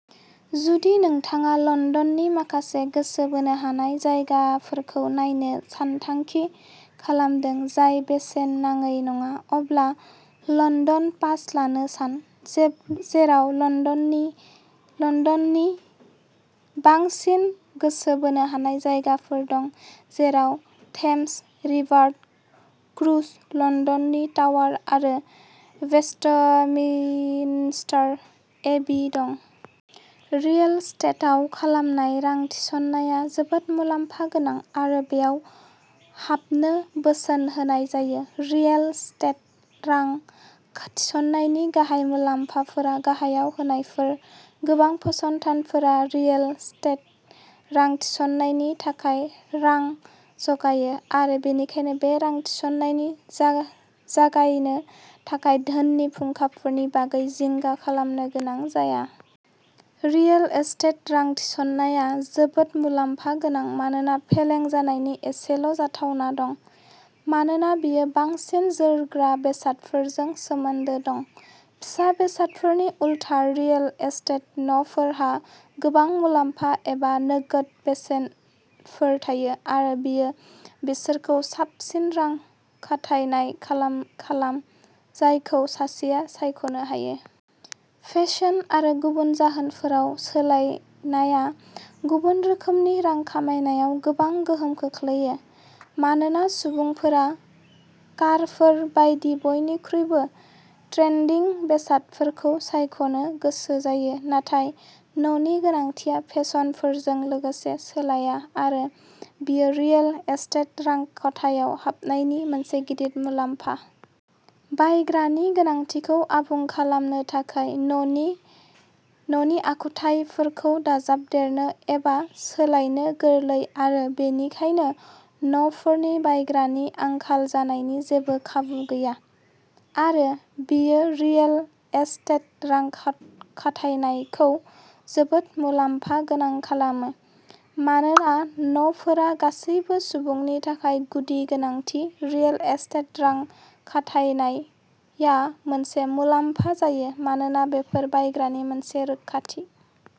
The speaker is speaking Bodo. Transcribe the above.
जुदि नोंथाङा लन्दननि माखासे गोसो बोनो हानाय जायगाफोरखौ नायनो सानथांखि खालामदों, जाय बेसेन नाङै नङा, अब्ला लन्दन पास लानो सान, जेराव लन्दननि नि बांसिन गोसो बोनो हानाय जायगाफोर दं, जेराव थेम्स रिभार क्रुज, लन्दननि टावार आरो वेस्टमिन्स्टार एबे दं। रियेल एस्टेटआव खालामनाय रां थिसननाया जोबोद मुलाम्फा गोनां आरो बेयाव हाबनो बोसोन होनाय जायो। रियेल एस्टेट रां थिसननायनि गाहाय मुलाम्फाफोरा गाहायाव होनायफोर। गोबां फसंथानफोरा रियेल एस्टेट रां थिसननायनि थाखाय रां जगायो आरो बेनिखायनो बे रां थिसननायखौ जागायनो थाखाय धोननि फुंखाफोरनि बागै जिंगा खालामनो गोनां जाया। रियेल एस्टेट रां थिसननाया जोबोद मुलाम्फा गोनां मानोना फेलें जानायनि एसेल'जाथावना दं मानोना बेयो बांसिन जोरग्रा बेसादफोरजों सोमोन्दो दं। फिसा बेसादफोरनि उलथा रियेल एस्टेट न'फोरहा गोबां मुलाम्फा एबा नोगोद बेसेनफोर थायो आरो बेयो बिसोरखौ साबसिन रां खाथायनाय खालाम, जायखौ सासेआ सायख'नो हायो। फेशन आरो गुबुन जाहोनफोराव सोलायनायआ गुबुन रोखोमनि रां खाथायनायाव गोबां गोहोम खोख्लैयो, मानोना सुबुंफोरा कारफोर बायदि बयनिख्रुइबो ट्रेन्डी बेसादफोरखौ सायख'नो गोसो जायो, नाथाय न'नि गोनांथिया फेसनफोरजों लोगोसे सोलाया आरो बेयो रियेल एस्टेट रां खाथायनायाव हाबनायनि मोनसे गिदिर मुलाम्फा। बायग्रानि गोनांथिखौ आबुं खालामनो थाखाय न'नि आखुथायफोरखौ दाजाबदेरनो एबा सोलायनो गोरलै आरो बेनिखायनो न'फोरनि बायग्रानि आंखाल जानायनि जेबो खाबु गैया आरो बेयो रियेल एस्टेट रां खाथायनायखौ जोबोद मुलाम्फा गोनां खालामो। मानोना न'फोरा गासैबो सुबुंनि थाखाय गुदि गोनांथि, रियेल एस्टेट रां खाथायनाया मोनसे मुलाम्फा जायो मानोना बेफोर बायग्रानि मोनसे रोखाथि।